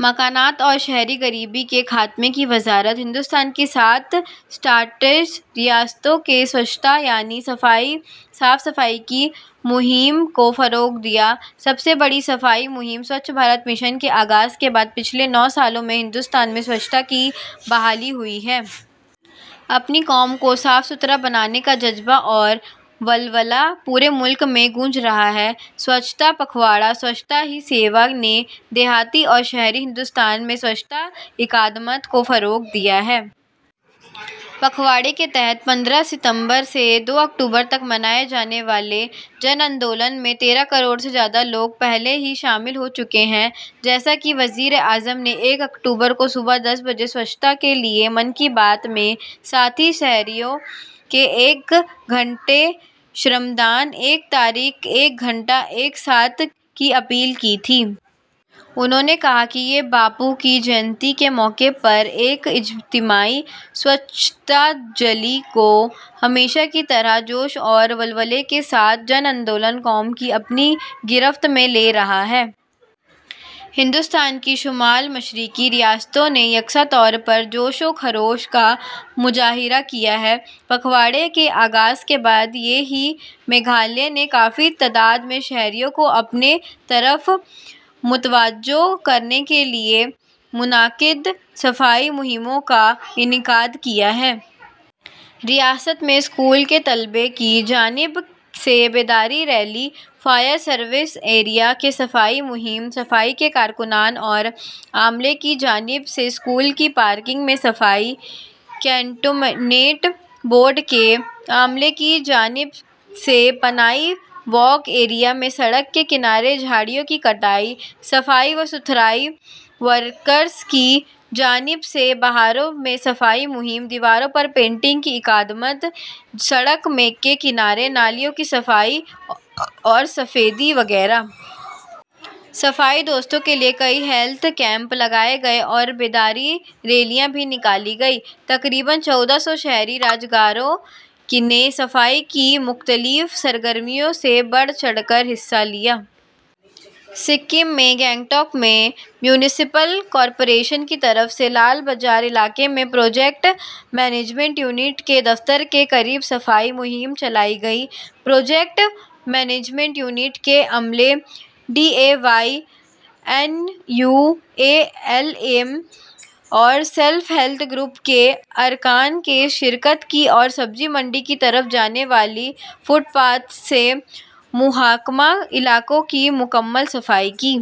مکانات اور شہری غریبی کے خاتمے کی وزارت ہندوستان کی سات سسٹرس ریاستوں نے سوچھتا، یعنی صفائی ستھرائی کی مہم کو فروغ دیا۔ سب سے بڑی صفائی مہم، سوچھ بھارت مشن کے آغاز کے بعد پچھلے نو سالوں میں ہندوستان میں سوچھتا کی بحالی ہوئی ہے۔ اپنی قوم کو صاف ستھرا بنانے کا جذبہ اور ولولہ پورے ملک میں گونج رہا ہے۔ سوچھتا پکھواڑا، سوچھتا ہی سیوا نے دیہی اور شہری ہندوستان میں سوچھتا اقدامات کو فروغ دیا ہے۔ پکھواڑا کے تحت پندرہ ستمبر سے دو اکتوبر تک منائے جانے والے جن آندولن میں تیرہ کروڑ سے زیادہ لوگ پہلے ہی شامل ہو چکے ہیں۔ جیسا کہ وزیر اعظم نے ایک اکتوبر کو صبح دس بجے سوچھتا کے لیے من کی بات پر ساتھی شہریوں سے ایک گھنٹہ شرمدان، ’ایک تاریخ، ایک گھنٹہ، ایک ساتھ‘ کی اپیل کی تھی۔ انہوں نے کہا کہ یہ باپو کی جینتی کے موقع پر ایک اجتماعی ’سوچھ نجلی‘ ہوگی۔ ہمیشہ کی طرح جوش اور ولولے کے ساتھ جن آندولن قوم کو اپنی گرفت میں لے رہا ہے۔ ہندوستان کی شمال مشرقی ریاستوں نے یکساں طور پر جوش و خروش کا مظاہرہ کیا ہے۔ پکھواڑا کے آغاز کے بعد سے ہی، میگھالیہ نے کافی تعداد میں شہریوں کو اپنی طرف متوجہ کرنے کے لیے متعدد صفائی مہمات کا انعقاد کیا ہے۔ ریاست میں اسکول کے طلباء کی جانب سے بیداری ریلی، فائر سروس ایریا میں صفائی مہم، صفائی کے کارکنوں اور عملے کی جانب سے اسکول کی پارکنگ، کنٹونمنٹ بورڈ کے عملے کی جانب سے پائن واک ایریا میں سڑک کے کنارے جھاڑیوں کی کٹائی، صفائی و ستھرائی ورکرز کی جانب سے بازاروں میں صفائی مہم، وال پینٹنگ کے اقدامات، سڑک کے کنارے نالوں کی صفائی اور سفیدی وغیرہ۔ صفائی دوستوں کے لیے کئی ہیلتھ کیمپ لگائے گئے اور بیداری ریلیاں بھی نکالی گئیں۔ تقریباً ایک ہزار چار سو شہری رضاکاروں نے صفائی کی مختلف سرگرمیوں میں بڑھ چڑھ کر حصہ لیا۔ سکم کے گنگٹوک میں میونسپل کارپوریشن کی طرف سے لال بازار علاقے میں پراجیکٹ مینجمنٹ یونٹ کے دفتر کے قریب صفائی مہم چلائی گئی۔ پراجیکٹ مینجمنٹ یونٹ کے عملے، DAY N U L M اور سیلف ہیلپ گروپس کے ارکان نے شرکت کی، سبزی منڈی کی طرف جانے والے فٹ پاتھ سے ملحقہ علاقے کی مکمل صفائی کی۔